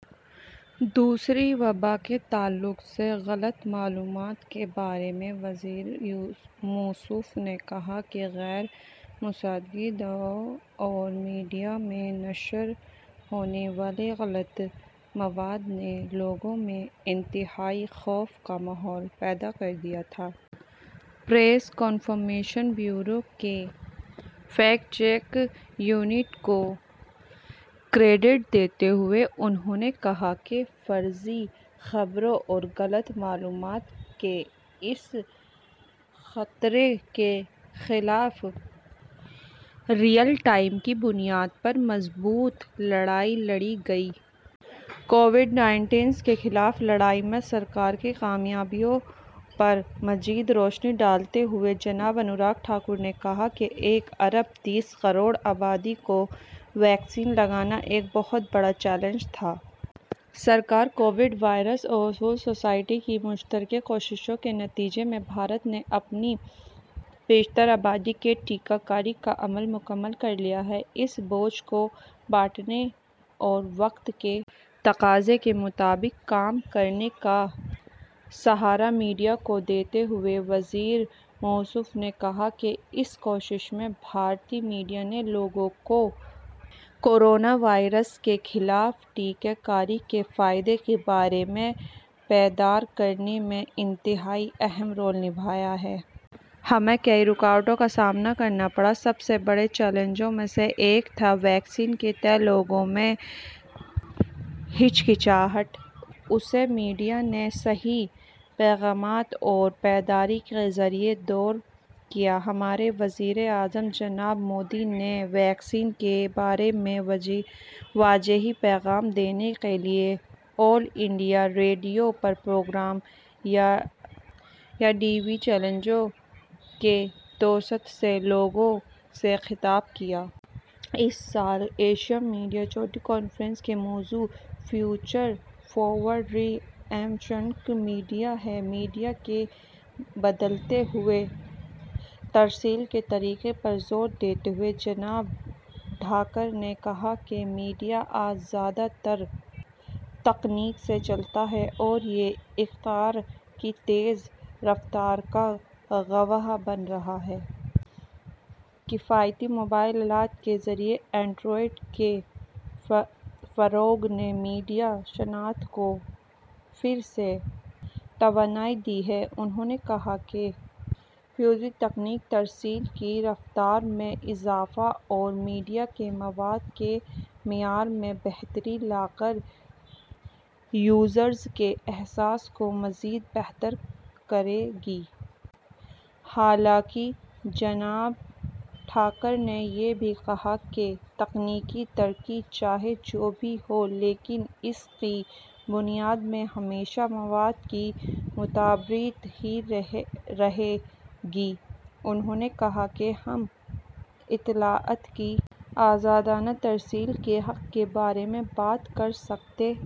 دوسری وبا کے تعلق سے، غلط معلومات کے بارے میں، وزیر موصوف نے کہا کہ غیر مصدقہ دعووں اور میڈیا میں نشر ہونے والے غلط مواد نے لوگوں میں انتہائی خوف کا ماحول پیدا کر دیا تھا۔ پریس انفارمیشن بیورو کے فیکٹ چیک یونٹ کو کریڈٹ دیتے ہوئے انہوں نے کہا کہ فرضی خبروں اور غلط معلومات کے اس خطرے کے خلاف ریئل ٹائم کی بنیاد پر مضبوط لڑائی لڑی گئی۔ کووڈ نائنٹین کے خلاف لڑائی میں سرکار کی کامیابیوں پر مزید روشنی ڈالتے ہوئے، جناب انوراگ ٹھاکر نے کہا کہ ایک ارب تیس کروڑ آبادی کو ویکسین لگانا ایک بہت بڑا چیلنج تھا۔ سرکار، کووڈ واریئرس اور سول سوسائٹی کی مشترکہ کوششوں کے نتیجے میں بھارت نے اپنی بیشتر آبادی کی ٹیکہ کاری کا عمل مکمل کر لیا ہے۔ اس بوجھ کو بانٹنے اور وقت کے تقاضے کے مطابق کام کرنے کا سہرا میڈیا کو دیتے ہوئے وزیر موصوف نے کہا کہ اس کوشش میں، بھارتی میڈیا نے لوگوں کو کورونا وائرس کے خلاف ٹیکہ کاری کے فائدے کے بارے میں بیدار کرنے میں انتہائی اہم رول نبھایا ہے۔ ہمیں کئی رکاوٹوں کا سامنا کرنا پڑا۔ سب سے بڑے چیلنجوں میں سے ایک تھا ویکسین کے تئیں لوگوں میں ہچکچاہٹ۔ اسے میڈیا نے صحیح پیغامات اور بیداری کے ذریعے دور کیا۔ ہمارے وزیر اعظم جناب مودی نے ویکسین کے بارے میں واضح پیغام دینے کے لیے آل انڈیا ریڈیو پروگراموں یا ٹی وی چینلوں کے توسط سے لوگوں سے خطاب کیا۔ اس سال ایشیا میڈیا چوٹی کانفرنس کا موضوع future forward, reimagining media ہے۔ میڈیا کے بدلتے ہوئے ترسیل کے طریقے پر زور دیتے ہوئے جناب ٹھاکر نے کہا کہ میڈیا آج زیادہ تر تکنیک سے چلتا ہے اور یہ اختراع کی تیز رفتار کا گواہ بن رہا ہے۔ کفایتی موبائل آلات کے ذریعے انٹرنیٹ کے فروغ نے میڈیا صنعت کو پھر سے توانائی دی ہے۔ انہوں نے کہا کہ فائیو جی تکنیک ترسیل کی رفتار میں اضافہ اور میڈیا کے مواد کے معیار میں بہتری لا کر یوزرز کے احساس کو مزید بہتر کرے گی۔ حالانکہ جناب ٹھاکر نے یہ بھی کہا کہ تکنیکی ترقی چاہے جو بھی ہو، لیکن اس کی بنیاد میں ہمیشہ مواد کی معتبریت ہی رہے گی۔ انہوں نے کہا کہ ہم اطلاعات کی آزادانہ ترسیل کے حق کے بارے میں بات کر سکتے